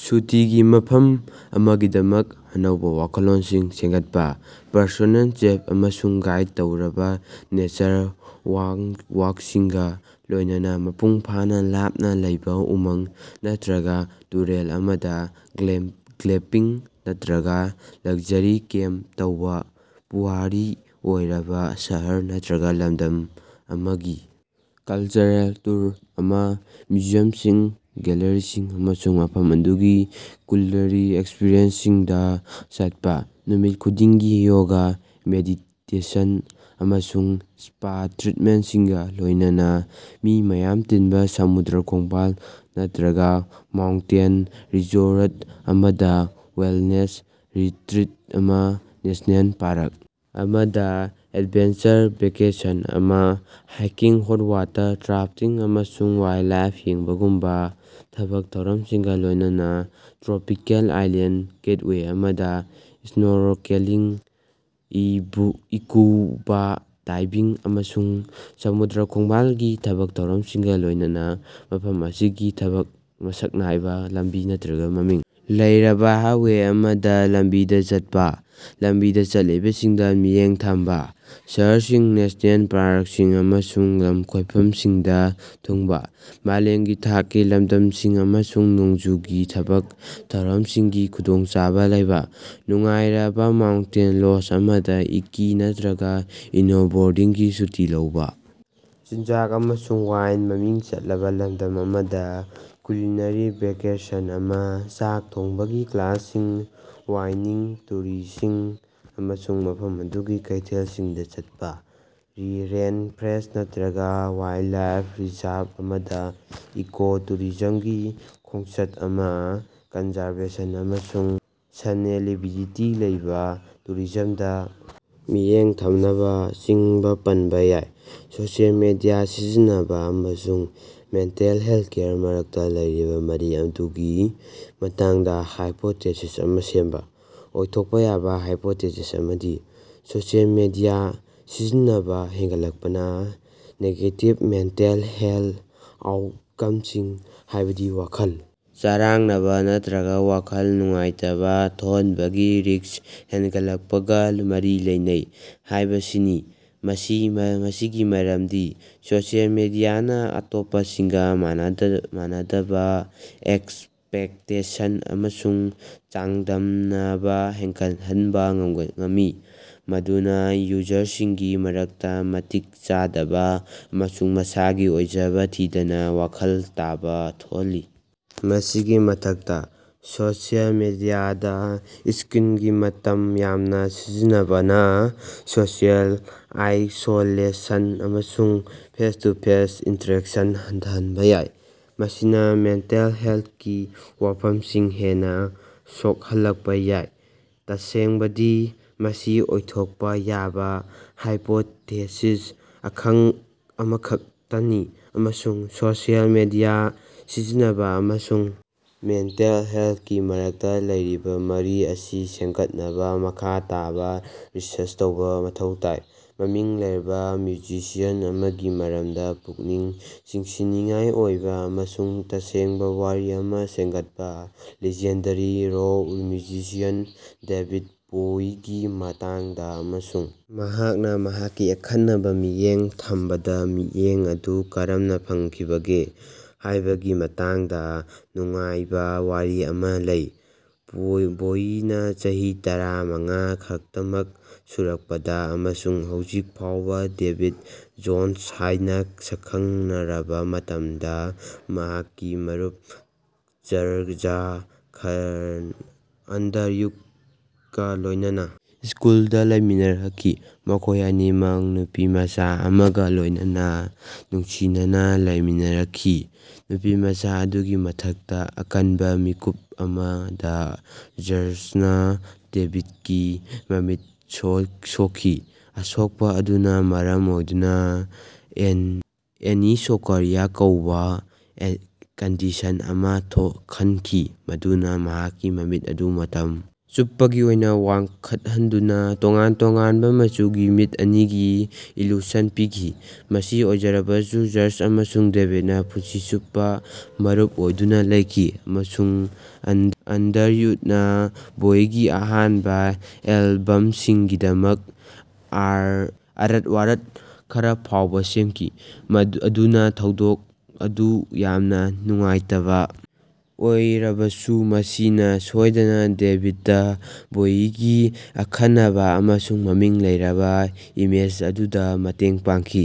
ꯁꯨꯇꯤꯒꯤ ꯃꯐꯝ ꯑꯃꯒꯤꯗꯃꯛ ꯑꯅꯧꯕ ꯋꯥꯈꯜꯂꯣꯟꯁꯤꯡ ꯁꯦꯝꯒꯠꯄ- ꯄꯔꯁꯣꯅꯦꯜ ꯆꯦꯐ ꯑꯃꯁꯨꯡ ꯒꯥꯏꯗ ꯇꯧꯔꯕ ꯅꯦꯆꯔ ꯋꯥꯛꯁꯤꯡꯒ ꯂꯣꯏꯅꯅ ꯃꯄꯨꯡ ꯐꯥꯅ ꯂꯥꯞꯅ ꯂꯩꯕ ꯎꯃꯪ ꯅꯠꯇ꯭ꯔꯒ ꯇꯨꯔꯦꯜ ꯑꯃꯗ "ꯒ꯭ꯂꯦꯝꯄꯤꯡ" ꯅꯠꯇ꯭ꯔꯒ ꯂꯛꯖꯔꯤ ꯀꯦꯝꯄ ꯇꯧꯕ; ꯄꯨꯋꯥꯔꯤ ꯑꯣꯏꯔꯕ ꯁꯍꯔ ꯅꯠꯇ꯭ꯔꯒ ꯂꯃꯗꯝ ꯑꯃꯒꯤ ꯀꯜꯆꯔꯦꯜ ꯇꯨꯔ ꯑꯃ: ꯃ꯭ꯌꯨꯖꯤꯌꯝꯁꯤꯡ, ꯒꯦꯜꯂꯔꯤꯁꯤꯡ ꯑꯃꯁꯨꯡ ꯃꯐꯝ ꯑꯗꯨꯒꯤ ꯀꯨꯂꯤꯅꯔꯤ ꯑꯦꯛꯁꯄꯤꯔꯤꯑꯦꯟꯁꯁꯤꯡꯗ ꯆꯠꯄ; ꯅꯨꯃꯤꯠ ꯈꯨꯗꯤꯡꯒꯤ ꯌꯣꯒ, ꯃꯦꯗꯤꯇꯦꯁꯟ ꯑꯃꯁꯨꯡ ꯁ꯭ꯄꯥ ꯇ꯭ꯔꯤꯠꯃꯦꯟꯇꯁꯤꯡꯒ ꯂꯣꯏꯅꯅ ꯃꯤ ꯌꯥꯝꯅ ꯇꯤꯟꯕ ꯁꯃꯨꯗ꯭ꯔ ꯈꯣꯡꯕꯥꯜ ꯅꯠꯇ꯭ꯔꯒ ꯃꯥꯎꯟꯇꯦꯟ ꯔꯤꯖꯣꯔꯠ ꯑꯃꯗ ꯋꯦꯜꯅꯦꯁ ꯔꯤꯇ꯭ꯔꯤꯠ ꯑꯃ; ꯅꯦꯁ꯭ꯅꯦꯜ ꯄꯥꯔꯛ ꯑꯃꯗ ꯑꯦꯗꯚꯦꯟꯆꯔ ꯚꯦꯀꯦꯁꯟ ꯑꯃ; ꯍꯥꯏꯀꯤꯡ, ꯍꯣꯠ-ꯋꯥꯇꯔ ꯔꯥꯐꯇꯤꯡ ꯑꯃꯁꯨꯡ ꯋꯥꯏꯜꯗꯂꯥꯏꯐ ꯌꯦꯡꯕꯒꯨꯝꯕ ꯊꯕꯛ ꯊꯧꯔꯝꯁꯤꯡꯒ ꯂꯣꯏꯅꯅ ꯇ꯭ꯔꯣꯄꯤꯀꯦꯜ ꯑꯥꯏꯂꯦꯟꯗ ꯒꯦꯠꯋꯦ ꯑꯃꯗ ꯁ꯭ꯅꯣꯔꯀꯦꯂꯤꯡ, ꯁ꯭ꯀꯨꯕꯥ ꯗꯥꯏꯚꯤꯡ ꯑꯃꯁꯨꯡ ꯁꯃꯨꯗ꯭ꯔ ꯈꯣꯡꯕꯥꯜꯒꯤ ꯊꯕꯛ ꯊꯧꯔꯝꯁꯤꯡꯒ ꯂꯣꯏꯅꯅ ꯃꯐꯝ ꯑꯁꯤꯒꯤ ꯃꯁꯛ ꯅꯥꯏꯕ ꯂꯝꯕꯤ ꯅꯠꯇ꯭ꯔꯒ ꯃꯃꯤꯡ ꯂꯩꯔꯕ ꯍꯥꯏꯋꯦ ꯑꯃꯗ ꯂꯝꯕꯤꯗ ꯆꯠꯄ, ꯂꯝꯕꯤꯗ ꯆꯠꯂꯤꯕꯁꯤꯡꯗ ꯃꯤꯠꯌꯦꯡ ꯊꯝꯕ, ꯁꯍꯔꯁꯤꯡ, ꯅꯦꯁ꯭ꯅꯦꯜ ꯄꯥꯔꯛꯁꯤꯡ ꯑꯃꯁꯨꯡ ꯂꯝꯀꯣꯏꯐꯝꯁꯤꯡꯗ ꯊꯨꯡꯕ꯫ ꯃꯥꯂꯦꯝꯒꯤ ꯊꯥꯛꯀꯤ ꯂꯝꯗꯝꯁꯤꯡ ꯑꯃꯁꯨꯡ ꯅꯣꯡꯖꯨꯒꯤ ꯊꯕꯛ ꯊꯧꯔꯝꯁꯤꯡꯒꯤ ꯈꯨꯗꯣꯡꯆꯥꯕ ꯂꯩꯕ, ꯅꯨꯡꯉꯥꯏꯔꯕ ꯃꯥꯎꯟꯇꯦꯟ ꯂꯣꯖ ꯑꯃꯗ ꯁ꯭ꯀꯤ ꯅꯠꯇ꯭ꯔꯒ ꯁ꯭ꯅꯣꯕꯣꯔꯗꯤꯡꯒꯤ ꯁꯨꯇꯤ ꯂꯧꯕ; ꯆꯤꯟꯖꯥꯛ ꯑꯃꯁꯨꯡ ꯋꯥꯏꯟ ꯃꯃꯤꯡ ꯆꯠꯂꯕ ꯂꯝꯗꯝ ꯑꯃꯗ ꯀꯨꯂꯤꯅꯔꯤ ꯚꯦꯀꯦꯁꯟ ꯑꯃ, ꯆꯥꯛ ꯊꯣꯡꯕꯒꯤ ꯀ꯭ꯂꯥꯁꯁꯤꯡ, ꯋꯥꯏꯅꯤꯡ ꯇꯨꯔꯁꯤꯡ ꯑꯃꯁꯨꯡ ꯃꯐꯝ ꯑꯗꯨꯒꯤ ꯀꯩꯊꯦꯜꯁꯤꯡꯗ ꯆꯠꯄ; ꯔꯦꯟꯐ꯭ꯔꯦꯁꯠ ꯅꯠꯇ꯭ꯔꯒ ꯋꯥꯏꯜꯗꯂꯥꯏꯐ ꯔꯤꯖꯔꯚ ꯑꯃꯗ ꯏꯀꯣ-ꯇꯨꯔꯤꯖꯝꯒꯤ ꯈꯣꯡꯆꯠ ꯑꯃ, ꯀꯟꯖꯔꯚꯦꯁꯟ ꯑꯃꯁꯨꯡ ꯁꯁꯇꯦꯅꯦꯕꯤꯂꯤꯇꯤ ꯂꯩꯕ, ꯇꯨꯔꯤꯖꯝꯗ ꯃꯤꯠꯌꯦꯡ ꯊꯝꯕꯅ ꯆꯤꯡꯕ ꯄꯟꯕ ꯌꯥꯏ꯫ ꯁꯣꯁꯤꯑꯦꯜ ꯃꯤꯗꯤꯌꯥ ꯁꯤꯖꯤꯟꯅꯕ ꯑꯃꯁꯨꯡ ꯃꯦꯟꯇꯜ ꯍꯦꯜꯊꯀꯤ ꯃꯔꯛꯇ ꯂꯩꯔꯤꯕ ꯃꯔꯤ ꯑꯗꯨꯒꯤ ꯃꯇꯥꯡꯗ ꯍꯥꯏꯄꯣꯊꯦꯁꯤꯁ ꯑꯃ ꯁꯦꯝꯕ- ꯑꯣꯏꯊꯣꯛꯄ ꯌꯥꯕ ꯍꯥꯏꯄꯣꯊꯦꯁꯤꯁ ꯑꯃꯗꯤ ꯁꯣꯁꯤꯑꯦꯜ ꯃꯤꯗꯤꯌꯥ ꯁꯤꯖꯤꯟꯅꯕ ꯍꯦꯟꯒꯠꯂꯛꯄꯅ ꯅꯦꯒꯦꯇꯤꯚ ꯃꯦꯟꯇꯜ ꯍꯦꯜꯊ ꯑꯥꯎꯠꯀꯝꯁꯤꯡ, ꯍꯥꯏꯕꯗꯤ ꯋꯥꯈꯜ ꯆꯔꯥꯡꯅꯕ ꯅꯠꯇ꯭ꯔꯒ ꯋꯥꯈꯜ ꯅꯨꯡꯉꯥꯏꯇꯕ ꯊꯣꯛꯍꯟꯕꯒꯤ ꯔꯤꯁꯛ ꯍꯦꯟꯒꯠꯂꯛꯄꯒ ꯃꯔꯤ ꯂꯩꯅꯩ ꯍꯥꯏꯕꯁꯤꯅꯤ꯫ ꯃꯁꯤꯒꯤ ꯃꯔꯝꯗꯤ ꯁꯣꯁꯤꯑꯦꯜ ꯃꯤꯗꯤꯌꯥꯅ ꯑꯇꯣꯞꯄꯁꯤꯡꯒ ꯃꯥꯟꯅꯗꯕ ꯑꯦꯛꯁꯄꯦꯛꯇꯦꯁꯟ ꯑꯃꯁꯨꯡ ꯆꯥꯡꯗꯝꯅꯕ ꯍꯦꯟꯒꯠꯍꯟꯕ ꯉꯝꯃꯤ꯫ ꯃꯗꯨꯅ ꯌꯨꯖꯔꯁꯤꯡꯒꯤ ꯃꯔꯛꯇ ꯃꯇꯤꯛ ꯆꯥꯗꯕ ꯑꯃꯁꯨꯡ ꯃꯁꯥꯒꯤ ꯑꯣꯏꯖꯕ ꯊꯤꯗꯅ ꯋꯥꯈꯜ ꯇꯥꯕ ꯊꯣꯛꯍꯜꯂꯤ꯫ ꯃꯁꯤꯒꯤ ꯃꯊꯛꯇ ꯁꯣꯁꯤꯑꯦꯜ ꯃꯤꯗꯤꯌꯥꯗ ꯁ꯭ꯀꯔꯤꯟꯒꯤ ꯃꯇꯝ ꯌꯥꯝꯅ ꯁꯤꯖꯤꯟꯅꯕꯅ ꯁꯣꯁꯤꯑꯦꯜ ꯑꯥꯏꯁꯣꯂꯦꯁꯟ ꯑꯃꯁꯨꯡ ꯐꯦꯁ-ꯇꯨ-ꯐꯦꯁ ꯏꯟꯇꯔꯦꯛꯁꯟ ꯍꯟꯊꯍꯟꯕ ꯌꯥꯏ꯫ ꯃꯁꯤꯅ ꯃꯦꯟꯇꯜ ꯍꯦꯜꯊꯀꯤ ꯋꯥꯐꯝꯁꯤꯡ ꯍꯦꯟꯅ ꯁꯣꯛꯍꯜꯂꯛꯄ ꯌꯥꯏ꯫ ꯇꯁꯦꯡꯕꯗꯤ ꯃꯁꯤ ꯑꯣꯏꯊꯣꯛꯄ ꯌꯥꯕ ꯍꯥꯏꯄꯣꯊꯦꯁꯤꯁ ꯑꯃꯈꯛꯇꯅꯤ ꯑꯃꯁꯨꯡ ꯁꯣꯁꯤꯑꯦꯜ ꯃꯤꯗꯤꯌꯥ ꯁꯤꯖꯤꯟꯅꯕ ꯑꯃꯁꯨꯡ ꯃꯦꯟꯇꯜ ꯍꯦꯜꯊꯀꯤ ꯃꯔꯛꯇ ꯂꯩꯔꯤꯕ ꯃꯔꯤ ꯑꯁꯤ ꯁꯦꯝꯒꯠꯅꯕ ꯃꯈꯥ ꯇꯥꯕ ꯔꯤꯁꯔꯆ ꯇꯧꯕ ꯃꯊꯧ ꯇꯥꯏ꯫ ꯃꯃꯤꯡ ꯂꯩꯔꯕ ꯃ꯭ꯌꯨꯖꯤꯁꯤꯌꯟ ꯑꯃꯒꯤ ꯃꯔꯝꯗ ꯄꯨꯛꯅꯤꯡ ꯆꯤꯡꯁꯤꯟꯅꯤꯡꯉꯥꯏ ꯑꯣꯏꯕ ꯑꯃꯁꯨꯡ ꯇꯁꯦꯡꯕ ꯋꯥꯔꯤ ꯑꯃ ꯁꯦꯝꯒꯠꯄ ꯂꯤꯖꯦꯟꯗꯔꯤ ꯔꯣꯛ ꯃ꯭ꯌꯨꯖꯤꯁꯤꯌꯟ ꯗꯦꯕꯤꯗ ꯕꯣꯋꯤꯒꯤ ꯃꯇꯥꯡꯗ ꯑꯃꯁꯨꯡ ꯃꯍꯥꯛꯅ ꯃꯍꯥꯛꯀꯤ ꯑꯈꯟꯅꯕ ꯃꯤꯠꯌꯦꯡ ꯊꯝꯗꯕ ꯃꯤꯠꯌꯦꯡ ꯑꯗꯨ ꯀꯔꯝꯅ ꯐꯪꯈꯤꯕꯒꯦ ꯍꯥꯏꯕꯒꯤ ꯃꯇꯥꯡꯗ ꯅꯨꯡꯉꯥꯏꯕ ꯋꯥꯔꯤ ꯑꯃ ꯂꯩ꯫ ꯕꯣꯋꯤꯅ ꯆꯍꯤ ꯇꯔꯥꯃꯉꯥ ꯈꯛꯇꯃꯛ ꯁꯨꯔꯛꯄꯗ ꯑꯃꯁꯨꯡ ꯍꯧꯖꯤꯛ ꯐꯥꯎꯕ ꯗꯦꯕꯤꯗ ꯖꯣꯟꯁ ꯍꯥꯏꯅ ꯈꯪꯅꯔꯕ ꯃꯇꯝꯗ ꯃꯍꯥꯛꯀꯤ ꯃꯔꯨꯞ ꯖꯔꯖ ꯑꯟꯗꯔꯋꯨꯗꯀ ꯂꯣꯏꯅꯅ ꯁ꯭ꯀꯨꯜꯗ ꯂꯩꯃꯤꯟꯅꯔꯛꯈꯤ꯫ ꯃꯈꯣꯏ ꯑꯅꯤꯃꯛ ꯅꯨꯄꯤꯃꯆꯥ ꯑꯃꯒ ꯂꯣꯏꯅꯅ ꯅꯨꯡꯁꯤꯅꯅ ꯂꯩꯃꯤꯟꯅꯔꯛꯈꯤ꯫ ꯅꯨꯄꯤꯃꯆꯥ ꯑꯗꯨꯒꯤ ꯃꯊꯛꯇ ꯑꯀꯟꯕ ꯃꯤꯀꯨꯞ ꯑꯃꯗ ꯖꯔꯖꯅ ꯗꯦꯕꯤꯗꯀꯤ ꯃꯃꯤꯠꯇ ꯁꯣꯛꯈꯤ꯫ ꯑꯁꯣꯛꯄ ꯑꯗꯨꯅ ꯃꯔꯝ ꯑꯣꯏꯗꯨꯅ "ꯑꯦꯅꯤꯁꯣꯀꯣꯔꯤꯌꯥ" ꯀꯧꯕ ꯀꯟꯗꯤꯁꯟ ꯑꯃ ꯊꯣꯛꯍꯟꯈꯤ꯫ ꯃꯗꯨꯅ ꯃꯍꯥꯛꯀꯤ ꯃꯃꯤꯠ ꯑꯗꯨ ꯃꯇꯝ ꯆꯨꯞꯄꯒꯤ ꯑꯣꯏꯅ ꯋꯥꯡꯈꯠꯍꯟꯗꯨꯅ ꯇꯣꯉꯥꯟ-ꯇꯣꯉꯥꯟꯕ ꯃꯆꯨꯒꯤ ꯃꯤꯠ ꯑꯅꯤꯒꯤ ꯏꯂ꯭ꯌꯨꯁꯟ ꯄꯤꯈꯤ꯫ ꯃꯁꯤ ꯑꯣꯏꯔꯕꯁꯨ ꯖꯔꯖ ꯑꯃꯁꯨꯡ ꯗꯦꯕꯤꯗꯅ ꯄꯨꯟꯁꯤ ꯆꯨꯞꯄ ꯃꯔꯨꯞ ꯑꯣꯏꯗꯨꯅ ꯂꯩꯈꯤ ꯑꯃꯁꯨꯡ ꯑꯟꯗꯔꯋꯨꯗꯅ ꯕꯣꯋꯤꯒꯤ ꯑꯍꯥꯟꯕ ꯑꯦꯜꯕꯝꯁꯤꯡꯒꯤꯗꯃꯛ ꯑꯥꯔꯠꯋꯥꯔꯛ ꯈꯔ ꯐꯥꯎꯕ ꯁꯦꯝꯈꯤ꯫ ꯑꯗꯨꯅ ꯊꯧꯗꯣꯛ ꯑꯗꯨ ꯌꯥꯝꯅ ꯅꯨꯡꯉꯥꯏꯇꯕ ꯑꯣꯏꯔꯕꯁꯨ ꯃꯁꯤꯅ ꯁꯣꯏꯗꯅ ꯗꯦꯕꯤꯗ ꯕꯣꯋꯤꯒꯤ ꯑꯈꯟꯅꯕ ꯑꯃꯁꯨꯡ ꯃꯃꯤꯡ ꯂꯩꯔꯕ ꯏꯃꯦꯖ ꯑꯗꯨꯗ ꯃꯇꯦꯡ ꯄꯥꯡꯈꯤ꯫